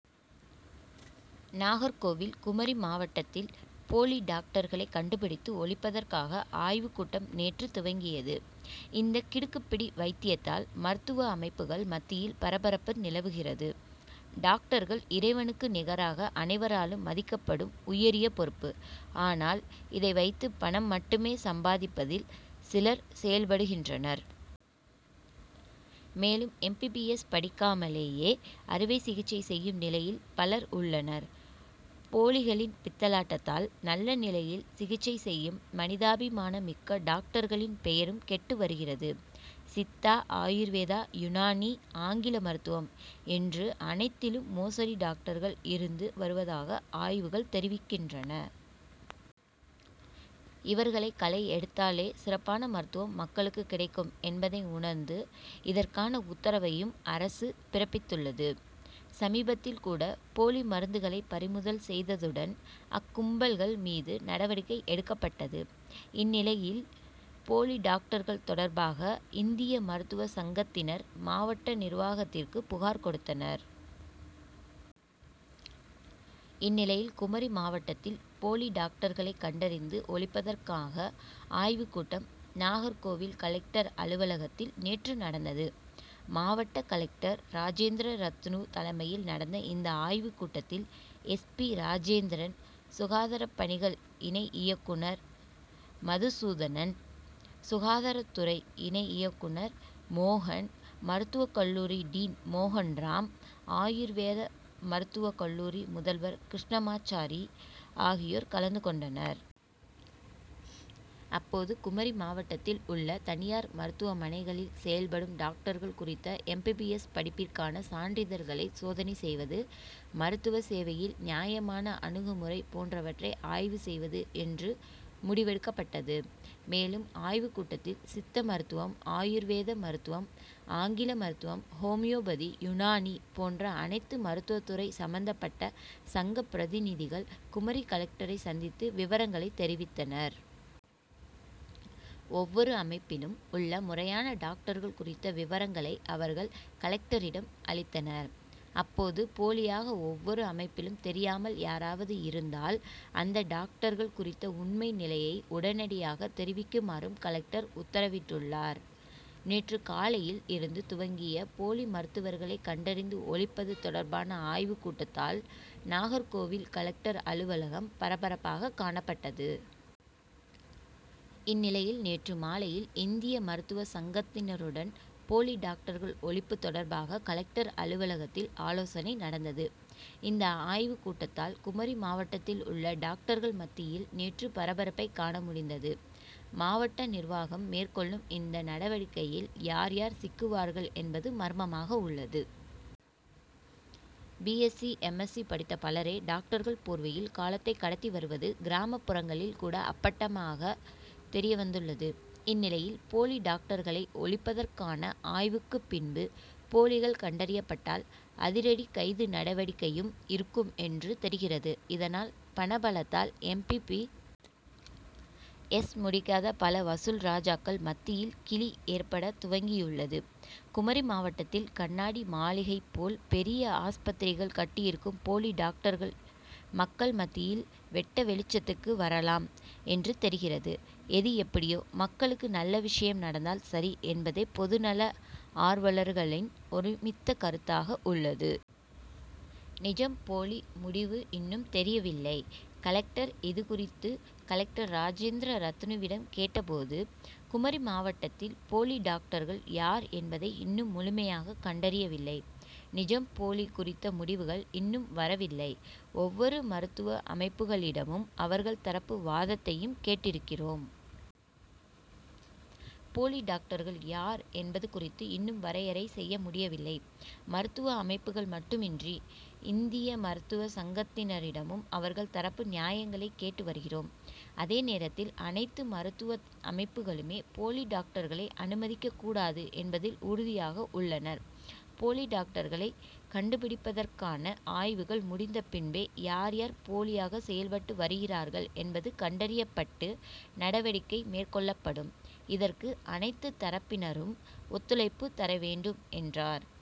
நாகர்கோவில் குமரி மாவட்டத்தில் போலி டாக்டர்களை கண்டுபிடித்து ஒழிப்பதற்கான ஆய்வுக்கூட்டம் நேற்று துவங்கியது. இந்த கிடுக்கிப்பிடி வைத்தியத்தால் மருத்துவ அமைப்புகள் மத்தியில் பரபரப்பு நிலவுகிறது. டாக்டர்கள்- இறைவனுக்கு நிகராக அனைவராலும் மதிக்கப்படும் உயரிய பொறுப்பு. ஆனால் இதை வைத்து பணம் மட்டுமே சம்பாதிப்பதில் சிலர் செயல்படுகின்றனர். மேலும் எம். பி. பி. எஸ். படிக்காமலேயே அறுவை சிகிச்சை செய்யும் நிலையில் பலர் உள்ளனர். போலிகளின் பித்தலாட்டத்தால் நல்ல நிலையில் சிகிச்சை செய்யும் மனிதாபிமானம் மிக்க டாக்டர்களின் பெயரும் கெட்டு வருகிறது. சித்தா, ஆயுர்வேதா, யுனானி, ஆங்கில மருத்துவம் என்று அனைத்திலும் மோசடி டாக்டர்கள் இருந்து வருவதாக ஆய்வுகள் தெரிவிக்கின்றன. இவர்களை களைஎடுத்தாலே சிறப்பான மருத்துவம் மக்களுக்கு கிடைக்கும் என்பதை உணர்ந்து இதற்கான உத்தரவையும் அரசு பிறப்பித்துள்ளது. சமீபத்தில் கூட போலி மருந்துகளை பறிமுதல் செய்ததுடன், அக்கும்பல்கள் மீது நடவடிக்கை எடுக்கப்பட்டது. இந்நிலையில் போலி டாக்டர்கள் தொடர்பாக இந்திய மருத்துவ சங்கத்தினர் மாவட்ட நிர்வாகத்திற்கு புகார் கொடுத்தனர். இந்நிலையில் குமரி மாவட்டத்தில் போலி டாக்டர்களை கண்டறிந்து ஒழிப்பதற்கான ஆய்வுக்கூட்டம் நாகர்கோவில் கலெக்டர் அலுவலகத்தில் நேற்று நடந்தது. மாவட்ட கலெக்டர் ராஜேந்திர ரத்னூ தலைமையில் நடந்த இந்த ஆய்வுக்கூட்டத்தில் எஸ். பி. ராஜேந்திரன், சுகாதாரப்பணிகள் இணை இயக்குனர் மதுசூதனன், சுகாதாரத்துறை இணை இயக்குனர் மோகன், மருத்துவக்கல்லூரி டீன் மோகன்ராம், ஆயுர்வேத மருத்துவக்கல்லூரி முதல்வர் கிருஷ்ணமாச்சாரி ஆகியயோர் கலந்துகொண்டனர். அப்போது குமரி மாவட்டத்தில் உள்ள தனியார் மருத்துவமனைகளில் செயல்படும் டாக்டர்கள் குறித்த எம். பி. பி. எஸ். படிப்பிற்கான சான்றிதழ்களை சோதனை செய்வது. மருத்துவச்சேவையில் நியாயமான அணுகுமுறை போன்றவற்றை ஆய்வு செய்வது என்று முடிவெடுக்கப்பட்டது. மேலும் ஆய்வு கூட்டத்தில் சித்த மருத்துவம், ஆயுர்வேத மருத்துவம், ஆங்கில மருத்துவம், ஹோமியோபதி, யுனானி போன்ற அனைத்து மருத்துவத்துறை சம்பந்தப்பட்ட சங்க பிரதிநிதிகள் குமரி கலெக்டரை சந்தித்து விவரங்களை தெரிவித்தனர். ஒவ்வொரு அமைப்பிலும் உள்ள முறையான டாக்டர்கள் குறித்த விவரங்களை அவர்கள் கலெக்டரிடம் அளித்தனர். அப்போது போலியாக ஒவ்வொரு அமைப்பிலும் தெரியாமல் யாராவது இருந்தால் அந்த டாக்டர்கள் குறித்த உண்மை நிலையை உடனடியாக தெரிவிக்குமாறும் கலெக்டர் உத்தரவிட்டுள்ளார். நேற்று காலையில் இருந்து துவங்கிய போலி மருத்துவர்களை கண்டறிந்து ஒழிப்பது தொடர்பான ஆய்வு கூட்டத்தால் நாகர்கோவில் கலெக்டர் அலுவலகம் பரபரப்பாக காணப்பட்டது. இந்நிலையில் நேற்று மாலையில் இந்திய மருத்துவ சங்கத்தினருடனும் போலி டாக்டர்கள் ஒழிப்பு தொடர்பாக கலெக்டர் அலுவலகத்தில் ஆலோசனை நடந்தது. இந்த ஆய்வு கூட்டத்தால் குமரி மாவட்டத்தில் உள்ள டாக்டர்கள் மத்தியில் நேற்று பரபரப்பை காணமுடிந்தது. மாவட்ட நிர்வாகம் மேற்கொள்ளும் இந்த நடவடிக்கையில் யார், யார் சிக்குவார்கள் என்பது மர்மமாக உள்ளது. பி. S C., M. எஸ்சி., படித்த பலரே டாக்டர்கள் போர்வையில் காலத்தை கடத்திவருவது கிராமப்புறங்களில் கூட அப்பட்டமாக தெரிய வந்துள்ளது. இந்நிலையில் போலி டாக்டர்களை ஒழிப்பதற்கான ஆய்வுக்குபின்பு போலிகள் கண்டறியப்பட்டால் அதிரடி கைது நடவடிக்கையும் இருக்கும் என்று தெரிகிறது. இதனால் பணபலத்தால் எம். பி. பி. எஸ். முடிக்காத பல வசூல்ராஜாக்கள் மத்தியில் கிலி ஏற்பட துவங்கியுள்ளது. குமரி மாவட்டத்தில் கண்ணாடி மாளிகைப்போல் பெரிய ஆஸ்பத்திரிகள் கட்டியிருக்கும் போலி டாக்டர்கள் மக்கள் மத்தியில் வெட்டவெளிச்சத்துக்கு வரலாம் என்று தெரிகிறது. எது எப்படியோ மக்களுக்கு நல்ல விஷயம் நடந்தால் சரிஎன்பதே பொதுநல ஆர்வலர்களின் ஒருமித்த கருத்தாக உள்ளது. நிஜம், போலி முடிவு இன்னும் தெரியவில்லை கலெக்டர் இதுகுறித்து கலெக்டர் ராஜேந்திர ரத்னூவிடம் கேட்டபோது குமரி மாவட்டத்தில் போலி டாக்டர்கள் யார் என்பதை இன்னும் முழுமையாக கண்டறியவில்லை. நிஜம், போலி குறித்த முடிவுகள் இன்னும் வரவில்லை. ஒவ்வொரு மருத்துவ அமைப்புகளிடமும் அவர்கள் தரப்பு வாதத்தையும் கேட்டிருக்கிறோம். போலி டாக்டர்கள் யார் என்பது குறித்து இன்னும் வரையறை செய்யமுடியவில்லை. மருத்துவ அமைப்புகள் மட்டுமின்றி இந்திய மருத்துவ சங்கத்தினரிடமும் அவர்கள் தரப்பு நியாயங்களை கேட்டு வருகிறோம். அதே நேரத்தில் அனைத்து மருத்துவ அமைப்புகளுமே போலி டாக்டர்களை அனுமதிக்கக்கூடாது என்பதில் உறுதியாக உள்ளனர். போலி டாக்டர்களை கண்டுபிடிப்பதற்கான ஆய்வுகள் முடிந்த பின்பே யார், யார் போலியாக செயல்பட்டு வருகிறார்கள் என்பது கண்டறியப்பட்டு நடவடிக்கை மேற்கொள்ளப்படும். இதற்கு அனைத்து தரப்பினரும் ஒத்துழைப்பு தரவேண்டும் என்றார்.